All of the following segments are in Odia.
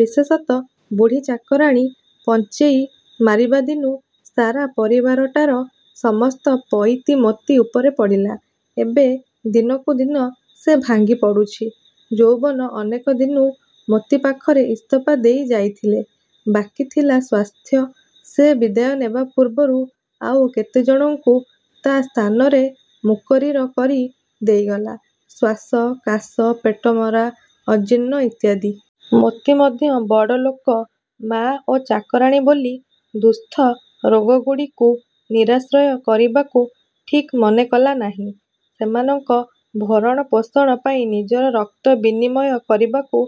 ବିଶେଷତଃ ବୁଢ଼ୀ ଚାକରାଣୀ ପଞ୍ଚେଇ ମାରିବାଦିନୁ ସାରା ପରିବାରଟାର ସମସ୍ତ ପଇତି ମୋତି ଉପରେ ପଡ଼ିଲା। ଏବେ ଦିନକୁଦିନ ସେ ଭାଙ୍ଗିପଡ଼ୁଛି। ଯୌବନ ଅନେକ ଦିନୁ ମୋତି ପାଖରେ ଇସ୍ତଫା ଦେଇ ଯାଇଥିଲେ, ବାକୀ ଥିଲା ସ୍ଵାସ୍ଥ୍ୟ, ସେ ବିଦାୟ ନେବା ପୂର୍ବରୁ ଆଉ କେତେଜଣଙ୍କୁ ତା ସ୍ଥାନରେ ମୁକରିର କରି ଦେଇଗଲା-ଶ୍ଵାସ କାଶ, ପେଟମରା, ଅଜୀର୍ଣ୍ଣ ଇତ୍ୟାଦି-। ମୋତି ମଧ୍ୟ ବଡ଼ଲୋକ ମା ଓ ଚକରାଣୀ ବୋଲି ଦୁଃସ୍ଥ ରୋଗଗୁଡ଼ିକୁ ନିରାଶ୍ରୟ କରିବାକୁ ଠିକ୍ ମନେ କଲା ନାହିଁ। ସେମାନଙ୍କ ଭରଣ ପୋଷଣ ପାଇଁ ନିଜର ରକ୍ତ ବିନିମୟ କରିବାକୁ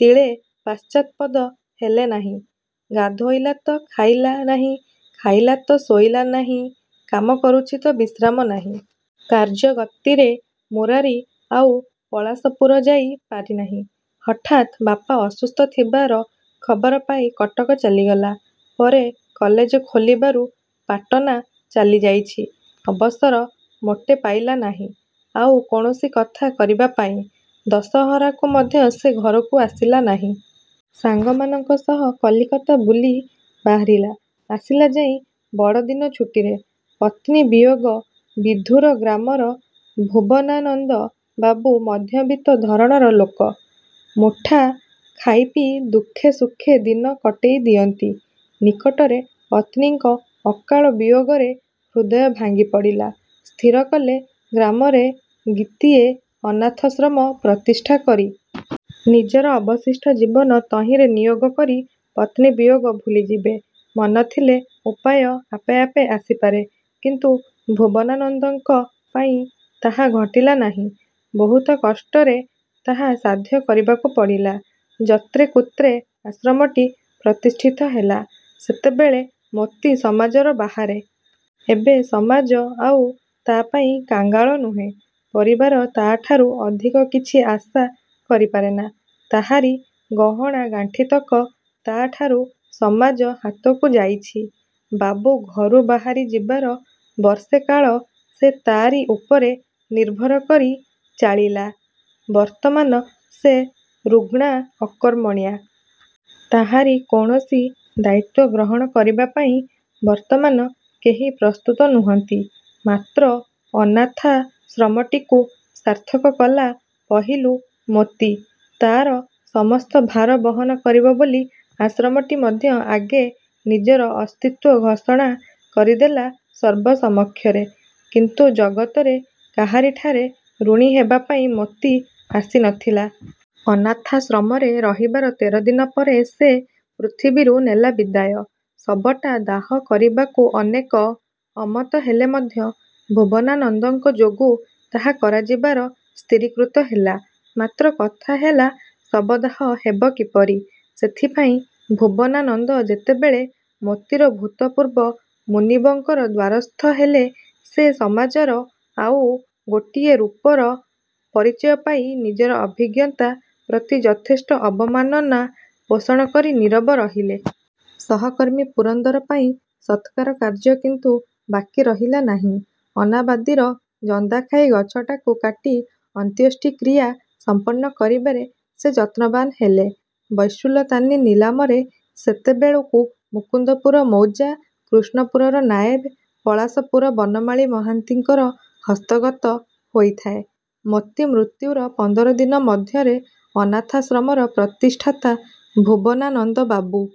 ତିଳେ ପାଶ୍ଚାତ୍ପଦ ହେଲେ ନାହିଁ। ଗାଧୋଇଲା ତ ଖାଇଲା ନାହିଁ, ଖାଇଲା ତ ଶୋଇଲା ନାହିଁ-କାମ କରୁଛି ତ ବିଶ୍ରାମ ନାହିଁ। କାର୍ଯ୍ୟଗତିରେ ମୁରାରି ଆଉ ପଳାଶପୁର ଯାଇ ପାରିନାହିଁ। ହଠାତ୍ ବାପା ଅସୁସ୍ଥ ଥିବାର ଖବର ପାଇ କଟକ ଚାଲିଗଲା। ପରେ କଲେଜ ଖୋଲିବାରୁ ପାଟନା ଚାଲିଯାଇଛି। ଅବସର ମୋଟେ ପାଇଲା ନାହିଁ, ଆଉ କୌଣସି କଥା କରିବା ପାଇଁ। ଦଶହରାକୁ ମଧ୍ୟ ସେ ଘରକୁ ଆସିଲା ନାହିଁ। ସାଙ୍ଗମାନଙ୍କ ସହ କଲିକତା ବୁଲି ବାହାରିଲା। ଆସିଲା ଯାଇଁ ବଡ଼ଦିନ ଛୁଟିରେ। ପତ୍ନୀ ବିୟୋଗ ବିଧୂର ଗ୍ରାମର ଭୂବନାନନ୍ଦ ବାବୁ ମଧ୍ୟବିତ ଧରଣର ଲୋକ। ମୁଠା ଖାଇପିଇ ଦୁଖେ ସୁଖେ ଦିନ କଟେଇ ଦିଅନ୍ତି। ନିକଟରେ ପତ୍ନୀଙ୍କ ଅକାଳ ବିୟୋଗରେ ହୃଦୟ ଭାଙ୍ଗିପଡ଼ିଲା। ସ୍ଥିର କଲେ ଗ୍ରାମରେ ଗୀତିଏ ଅନାଥାଶ୍ରମ ପ୍ରତିଷ୍ଠା କରି,। ନିଜର ଅବଶିଷ୍ଟ ଜୀବନ ତହିଁରେ ନିୟୋଗ କରି ପତ୍ନୀବିୟୋଗ ଭୁଲିଯିବେ। ମନ ଥିଲେ ଉପାୟ ଆପେ ଆପେ ଆସିପାରେ, କିନ୍ତୁ ଭୁବନାନନ୍ଦଙ୍କ ପାଇଁ ତାହା ଘଟିଲା ନାହିଁ। ବହୁତ କଷ୍ଟରେ ତାହା ସାଧ୍ୟ କରିବାକୁ ପଡ଼ିଲା। ଯତ୍ରେକୁତ୍ରେ ଆଶ୍ରମଟି ପ୍ରତିଷ୍ଠିତ ହେଲା। ସେତେବେଳେ ମୋତି ସମାଜର ବାହାରେ। ଏବେ ସମାଜ ଆଉ ତା ପାଇଁ କଙ୍ଗାଳ ନୁହେଁ। ପରିବାର ତାଠାରୁ ଅଧିକ କିଛି ଆଶା କରିପାରେନା। ତାହାରି ଗହଣାଗାଣ୍ଠିତକ ତା'ଠାରୁ ସମାଜ ହାତକୁ ଯାଇଛି। ବାବୁଘରୁ ବାହାରି ଯିବାର ବର୍ଷେ କାଳ ସେ ତାରି ଉପରେ ନିର୍ଭର କରି ଚାଳିଲା। ବର୍ତ୍ତମାନ ସେ ରୁଗ୍ଣା-ଅକର୍ମଣ୍ୟା। ତାହାରି କୌଣସି ଦାୟିତ୍ଵ ଗ୍ରହଣ କରିବା ପାଇଁ ବର୍ତ୍ତମାନ କେହି ପ୍ରସ୍ତୁତ ନୁହନ୍ତି। ମାତ୍ର ଅନାଥାଶ୍ରମଟିକୁ ସାର୍ଥକ କଲା ପହିଲୁ ମୋତି। ତା'ର ସମସ୍ତ ଭାର ବହନ କରିବ ବୋଲି ଆଶ୍ରମଟି ମଧ୍ୟ ଆଗେ ନିଜର ଅସ୍ତିତ୍ଵ ଘୋଷଣା କରିଦେଲା ସର୍ବ ସମକ୍ଷରେ। କିନ୍ତୁ ଜଗତରେ କାହାରିଠାରେ ଋଣୀ ହେବାପାଇଁ ମୋତି ଆସି ନଥିଲା। ଅନାଥାଶ୍ରମରେ ରହିବାର ତେର ଦିନ ପରେ ସେ ପୃଥିବୀରୁ ନେଲା ବିଦାୟ। ଶବଟା ଦାହ କରିବାକୁ ଅନେକ ଅମତ ହେଲେ ମଧ୍ୟ ଭୂବନାନନ୍ଦଙ୍କ ଯୋଗୁ ତାହା କରାଯିବାର ସ୍ଥିରୀକୃତ ହେଲା। ମାତ୍ର କଥା ହେଲା ଶବଦାହ ହେବ କିପରି। ସେଥିପାଇଁ ଭୂବନାନନ୍ଦ ଯେତେବେଳେ ମୋତିର ଭୂତପୂର୍ବ ମୁନିବଙ୍କର ଦ୍ଵାରସ୍ଥ ହେଲେ, ସେ ସମାଜର ଆଉ ଗୋଟିଏ ରୂପର ପରିଚୟ ପାଇ, ନିଜର ଅଭିଜ୍ଞତା ପ୍ରତି ଯଥେଷ୍ଟ ଅବମାନନା ପୋଷଣ କରି ନୀରବ ରହିଲେ। ସହକର୍ମୀ ପୁରନ୍ଦର ପାଇଁ ସତ୍କାର କାର୍ଯ୍ୟ କିନ୍ତୁ ବାକୀ ରହିଲା ନାହିଁ। ଅନାବାଦୀର ଜନ୍ଦାଖାଇ ଗଛଟାକୁ କାଟି ଅନ୍ତ୍ୟେଷ୍ଟିକ୍ରିୟା ସଂପନ୍ନ କରିବାରେ ସେ ଯତ୍ନବାନ୍ ହେଲେ। ବୈସୁଲତାନି ନିଲାମରେ ସେତେବେଳକୁ ମୁକୁନ୍ଦପୁର ମୌଜା-କୃଷ୍ଣପୁରର ନାଏବ, ପଳାଶପୁର ବନମାଳି ମହାନ୍ତିଙ୍କର ହସ୍ତଗତ ହୋଇଥାଏ। ମୋତି ମୃତ୍ୟୁର ପନ୍ଦର ଦିନ ମଧ୍ୟରେ ଅନାଥାଶ୍ରମର ପ୍ରତିଷ୍ଠାତା ଭୁବନାନନ୍ଦ ବାବୁ